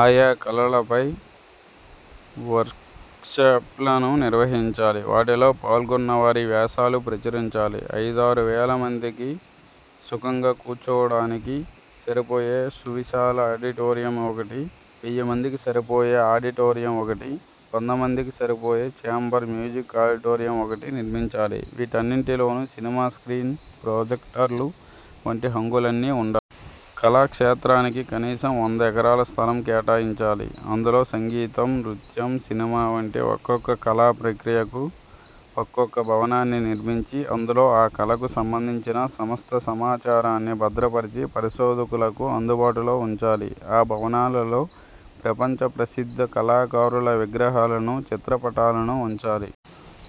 ఆయా కళలపై వర్క్షాప్లను నిర్వహించాలి. వాటిలో పాల్గొన్నవారి వ్యాసాలు ప్రచురించాలి. ఐదారు వేలమంది సుఖంగా కూర్చోడానికి సరిపోయే సువిశాల ఆడిటోరియం ఒకటి, వెయ్యి మందికి సరిపోయే ఆడిటోరియం ఒకటి, వందమందికి సరిపోయే ఛేంబర్ మ్యూజిక్ ఆడిటోరియం ఒకటి నిర్మించాలి. వీటన్నింటిలోనూ సినిమా స్ర్కీన్, ప్రొజెక్టర్లు వంటి హంగులన్నీ ఉండాలి. కళాక్షేత్రానికి కనీసం వంద ఎకరాల స్థలం కేటాయించాలి. అందులో సంగీతం, నృత్యం, సినిమా వంటి ఒక్కొక్క కళా ప్రక్రియకు ఒక్కొక్క భవనాన్ని నిర్మించి, అందులో ఆ కళకు సంబంధించిన సమస్త సమాచారాన్ని భద్రపరచి పరిశోధకులకు అందుబాటులో ఉంచాలి. ఆ భవనాలలో ప్రపంచ ప్రసిద్థ కళాకారుల విగ్రహాలను, చిత్రపటాలను ఉంచాలి.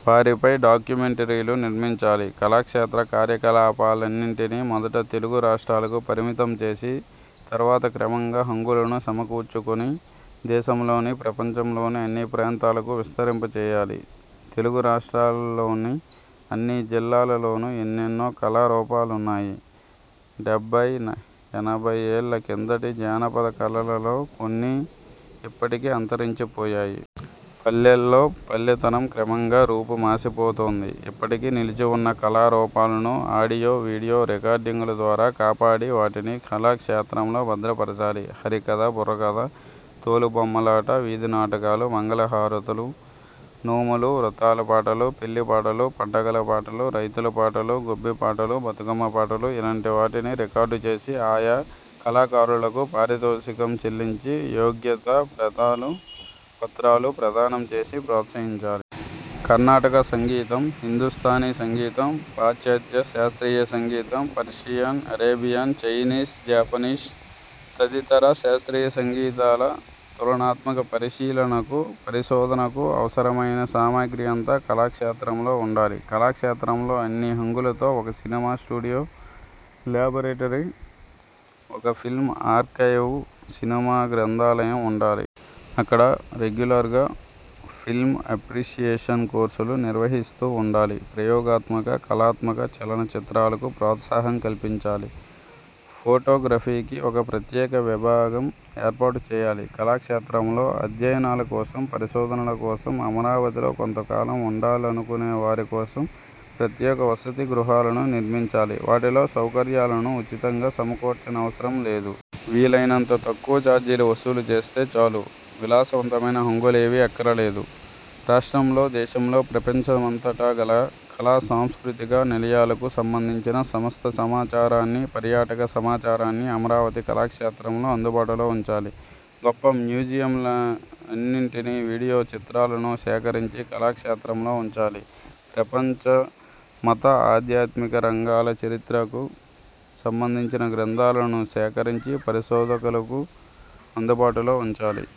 వారిపై డాక్యుమెంటరీలు నిర్మించాలి. కళాక్షేత్ర కార్యకలాపాలన్నింటినీ మొదట తెలుగు రాష్ర్టాలకు పరిమితం చేసి, తర్వాత క్రమంగా హంగులను సమకూర్చుకొని, దేశంలోని, ప్రపంచంలోని అన్ని ప్రాంతాలకు విస్తరింపజేయాలి. తెలుగు రాష్ర్టాలలోని అన్ని జిల్లాలలోనూ ఎన్నెన్నో కళారూపాలున్నాయి. డెబ్భయ్, ఎనభై యేళ్ళ క్రిందటి జానపద కళలలో కొన్ని ఇప్పటికే అంతరించిపోయాయి. పల్లెల్లో 'పల్లెతనం' క్రమంగా రూపుమాసిపోతోంది. ఇప్పటికీ నిలిచి ఉన్న కళారూపాలను ఆడియో–వీడియో రికార్డింగుల ద్వారా కాపాడి, వాటిని కళాక్షేత్రంలో భద్రపరచాలి. హరికథ, బుర్రకథ, తోలుబొమ్మలాట, వీధినాటకాలు, మంగళహారతులు, నోములు–వ్రతాల పాటలు, పెళ్ళిపాటలు, పండగల పాటలు, రైతుల పాటలు, గొబ్బి పాటలు, బతకమ్మ పాటలు – ఇలాంటి వాటిని రికార్డు చేసి, ఆయా కళాకారులకు పారితోషికం చెల్లించి, యోగ్యతా పత్రాలు ప్రదానం చేసి ప్రోత్సహించాలి. కర్ణాటక సంగీతం, హిందుస్థానీ సంగీతం, పాశ్చాత్య శాస్ర్తీయ సంగీతం, పర్షియన్, అరేబియన్, చైనీస్, జాపనీస్, తదితర శాస్ర్తీయ సంగీతాల తులనాత్మక పరిశీలనకు, పరిశోధనకు అవసరమైన సామగ్రి అంతా కళాక్షేత్రంలో ఉండాలి. కళాక్షేత్రంలో అన్ని హంగులతో ఒక సినిమా స్టూడియో, లాబొరేటరీ, ఒక ఫిల్మ్ ఆర్కైవ్, సినిమా గ్రంథాలయం ఉండాలి. అక్కడ రెగ్యులర్గా ఫిల్మ్అప్రీసియేషన్ కోర్సులు నిర్వహిస్తూ ఉండాలి. ప్రయోగాత్మక, కళాత్మక చలన చిత్రాలకు ప్రోత్సాహం కల్పించాలి. ఫొటోగ్రఫీకి ఒక ప్రత్యేక విభాగం ఏర్పాటు చేయాలి. కళాక్షేత్రంలో అధ్యయనాల కోసం, పరిశోధనల కోసం అమరావతిలో కొంత కాలం ఉండాలనుకొనే వారికోసం ప్రత్యేక వసతి గృహాలను నిర్మించాలి. వాటిలో సౌకర్యాలను ఉచితంగా సమకూర్చనవసరం లేదు. వీలైనంత తక్కువ ఛార్జీలు వసూలు చేస్తే చాలు. విలాసవంతమైన హంగులేవీ అక్కర్లేదు. రాష్ట్రంలో, దేశంలో, ప్రపంచమంతటా గల కళా సాంస్కృతిక నిలయాలకు సంబంధించిన సమస్త సమాచారాన్ని, పర్యాటక సమాచారాన్ని అమరావతి కళాక్షేత్రంలో అందుబాటులోఉంచాలి. గొప్ప మ్యూజియంలన్నింటి వీడియో చిత్రాలను సేకరించి కళాక్షేత్రంలో ఉంచాలి. ప్రపంచ మత, ఆధ్యాత్మిక రంగాల చరిత్రకు సంబంధించిన గ్రంథాలను సేకరించి పరిశోధకులకు అందుబాటులో ఉంచాలి.